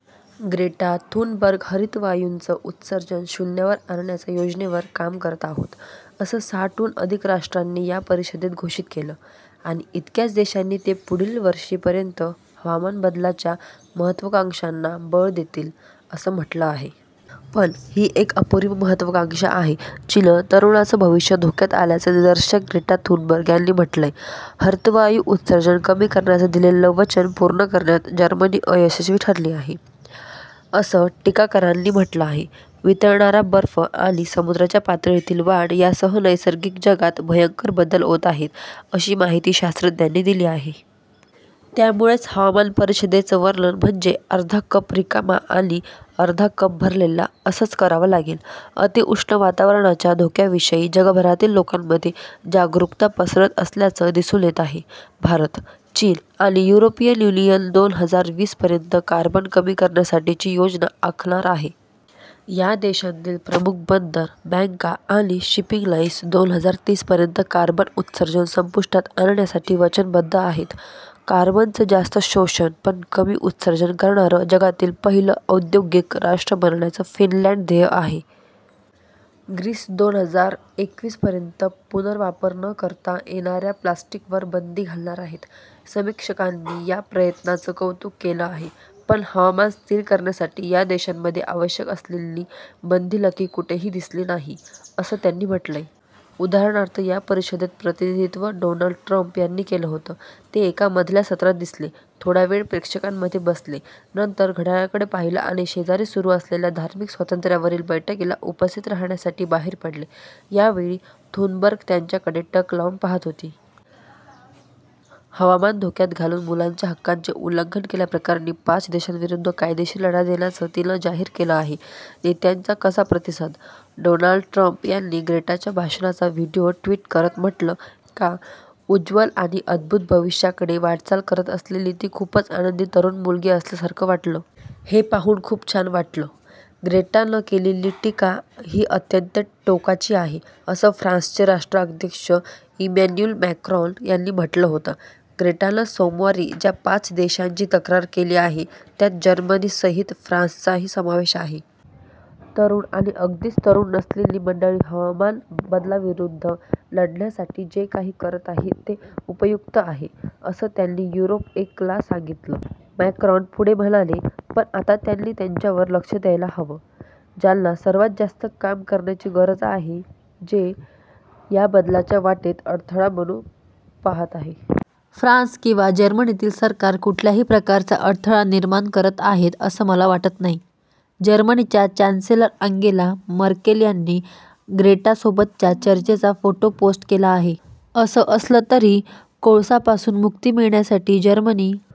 Greta Thunberg हरितवायूंचं उत्सर्जन शून्यावर आणण्याच्या योजनेवर काम करत आहोत, असं साठ हून अधिक राष्ट्रांनी या परिषदेत घोषित केलं. आणि इतक्याच देशांनी ते पुढील वर्षीपर्यंत हवामान बदलाच्या महत्त्वाकांक्षांना बळ देतील, असं म्हटलं आहे. पण, ही एक अपुरी महत्त्वाकांक्षा आहे, जिनं तरुणांचं भविष्य धोक्यात आल्याचं निदर्शक ग्रेटा थुनबर्ग यांनी म्हटलंय. हरितवायू उत्सर्जन कमी करण्याचं दिलेलं वचन पूर्ण करण्यात जर्मनी अयशस्वी ठरली आहे, असं टीकाकारांनी म्हटलं आहे. वितळणारा बर्फ आणि समुद्राच्या पातळीतील वाढ यासह नैसर्गिक जगात भयंकर बदल होत आहेत, अशी माहिती शास्त्रज्ञांनी दिली आहे. त्यामुळेच हवामान परिषदेचं वर्णन म्हणजे अर्धा कप रिकामा आणि अर्धा कप भरलेला, असंच करावं लागेल. अतिउष्ण वातावरणाच्या धोक्यांविषयी जगभरातील लोकांमध्ये जागरुकता पसरत असल्याचं दिसून येत आहे. भारत, चीन आणि युरोपियन यूनियन दोन हजार वीस पर्यंत कार्बन कमी करण्यासाठीची योजना आखणार आहे. या देशांतील प्रमुख बंदरं, बँका आणि शिपिंग लाईन्स दोन हजार तीस पर्यंत कार्बन उत्सर्जन संपुष्टात आणण्यासाठी वचनबद्ध आहेत. कार्बनचं जास्त शोषण, पण कमी उत्सर्जन करणारं जगातील पहिलं औद्योगिक राष्ट्र बनण्याचं फिनलँड ध्येय आहे. ग्रीस दोन हजार एकवीस पर्यंत पुनर्वापर न करता येणाऱ्या प्लास्टिकवर बंदी घालणार आहे. समीक्षकांनी या प्रयत्नांचं कौतुक केलं आहे, पण हवामान स्थिर करण्यासाठी या देशांमध्ये आवश्यक असलेली बांधिलकी कुठेही दिसली नाही, असं त्यांनी म्हटलंय. उदाहरणार्थ या परिषदेत प्रतिनिधित्व डोनल्ड ट्रंप यांनी केलं होतं. ते एका मधल्या सत्रात दिसले, थोडा वेळ प्रेक्षकांमध्ये बसले, नंतर घड्याळाकडे पाहिलं आणि शेजारी सुरू असलेल्या धार्मिक स्वातंत्र्यावरील बैठकीला उपस्थित राहाण्यासाठी बाहेर पडले. यावेळी थुनबर्ग त्यांच्याकडे टक लावून पाहत होती. हवामान धोक्यात घालून मुलांच्या हक्कांचे उल्लंघन केल्याप्रकरणी पाच देशांविरूद्ध कायदेशीर लढा देण्याचं तिनं जाहीर केलं आहे. नेत्यांचा कसा प्रतिसाद? डोनाल्ड ट्रंप यांनी ग्रेटाच्या भाषणाचा व्हीडिओ ट्वीट करत म्हटलं एका उज्ज्वल आणि अद्भुत भविष्याकडे वाटचाल करत असलेली ती खूपच आनंदी तरुण मुलगी असल्यासारखं वाटलं. हे पाहून खूप छान वाटलं! ग्रेटानं केलेली टीका ही अत्यंत टोकाची आहे असं फ्रान्सचे राष्ट्राध्यक्ष इमॅन्युल मॅक्रॉन यांनी म्हटलं होतं. ग्रेटानं सोमवारी ज्या पाच देशांची तक्रार केली आहे त्यात जर्मनीसहित फ्रान्सचाही समावेश आहे. तरुण आणि अगदीच तरुण नसलेली मंडळी हवामान बदलाविरुद्ध लढण्यासाठी जे काही करत आहे ते उपयुक्त आहे, असं त्यांनी युरोप-एक ला सांगितलं. मॅक्रॉन पुढे म्हणाले, पण आता त्यांनी त्यांच्यावर लक्ष द्यायला हवं, ज्यांना सर्वांत जास्त काम करण्याची गरज आहेजे या बदलाच्या वाटेत अडथळा बनू पाहत आहेत. फ्रान्स किंवा जर्मनीतील सरकारं कुठल्याही प्रकारचा अडथळा निर्माण करत आहेत असं मला वाटत नाही. जर्मनीच्या चॅन्सेलर अँगेला मर्केल यांनी ग्रेटासोबतच्या चर्चेचा फोटो पोस्ट केला आहे. असं असलं तरी, कोळसापासून मुक्ती मिळण्यासाठी जर्मनी